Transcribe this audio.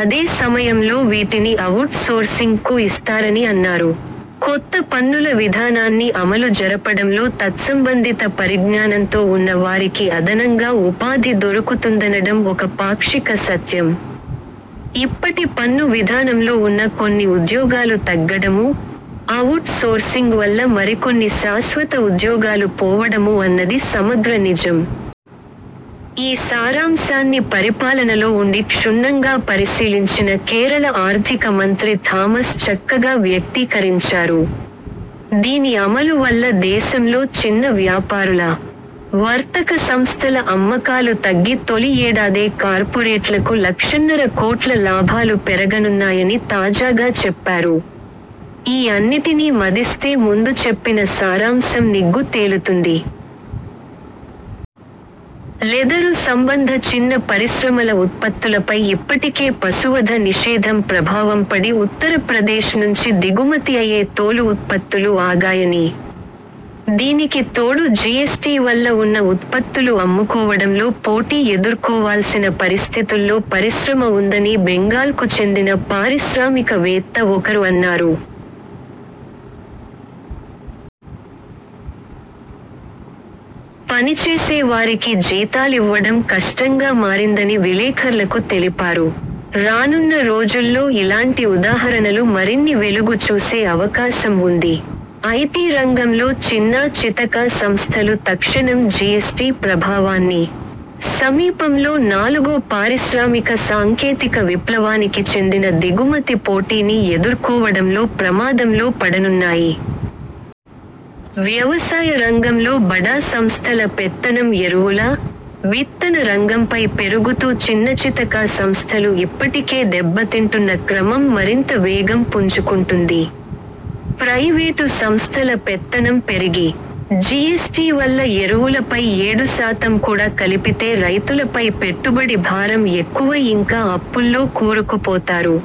అదే సమయంలో వీటిని అవుట్ సోర్సింగ్కూ ఇస్తారని అన్నారు. కొత్త పన్నుల విధానాన్ని అమలు జరపడంలో తత్సంబంధిత పరిజ్ఞానంతో ఉన్న వారికి అదనంగా ఉపాధి దొరుకుతుందనడం ఒక పాక్షిక సత్యం. ఇప్పటి పన్ను విధానంలో ఉన్న కొన్ని ఉద్యోగాలు తగ్గడమూ, అవుట్ సోర్సింగ్ వల్ల మరికొన్ని శాశ్వత ఉద్యోగాలు పోవడమూ అన్నది సమగ్ర నిజం. ఈ సారాంశాన్ని పరిపాలనలో ఉండి క్షుణ్ణంగా పరిశీలించిన కేరళ ఆర్థిక మంత్రి థామస్ చక్కగా వ్యక్తీకరించారు. దీని అమలు వల్ల దేశంలో చిన్న వ్యాపారుల, వర్తక సంస్థల అమ్మకాలు తగ్గి తొలి యేడాదే కార్పొరేట్లకు లక్షన్నర కోట్ల లాభాలు పెరగనున్నాయని తాజాగా చెప్పారు. ఈ అన్నిటినీ మదిస్తే ముందు చెప్పిన సారాంశం నిగ్గు తేలుతుంది. లెదరు సంబంధ చిన్న పరిశ్రమల ఉత్పత్తులపై ఇప్పటికే పశువధ నిషేధం ప్రభావం పడి ఉత్తరప్రదేశ్ నుంచి దిగుమతి అయ్యే తోలు ఉత్పత్తులు ఆగాయనీ, దీనికి తోడు జీఎస్టీ వల్ల ఉన్న ఉత్పత్తులు అమ్ముకోవడంలో పోటీ ఎదుర్కోవాల్సిన పరిస్థితుల్లో పరిశ్రమ ఉందనీ బెంగాల్కు చెందిన పారిశ్రామిక వేత్త ఒకరు అన్నారు. పనిచేసే వారికి జీతాలివ్వడం కష్టంగా మారిందని విలేఖర్లకు తెలిపారు. రానున్న రోజుల్లో ఇలాంటి ఉదాహరణలు మరిన్ని వెలుగు చూసే అవకాశం వుంది. ఐటీ రంగంలో చిన్నా చితకా సంస్థలు తక్షణం జీఎస్టీ ప్రభావాన్నీ, సమీపంలో నాలుగో పారిశ్రామిక సాంకేతిక విప్లవానికి చెందిన దిగుమతి పోటీనీ ఎదుర్కోవడంలో ప్రమాదంలో పడనున్నాయి. వ్యవసాయ రంగంలో బడా సంస్థల పెత్తనం ఎరువుల, విత్తన రంగంపై పెరుగుతూ చిన్నచితకా సంస్థలు ఇప్పటికే దెబ్బతింటున్న క్రమం మరింత వేగం పుంజుకుంటుంది. ప్రయివేటు సంస్థల పెత్తనం పెరిగి, జీఎస్టీ వల్ల ఎరువులపై ఏడు శాతం కూడా కలిపితే రైతులపై పెట్టుబడి భారం ఎక్కువై ఇంకా అప్పుల్లో కూరుకుపోతారు.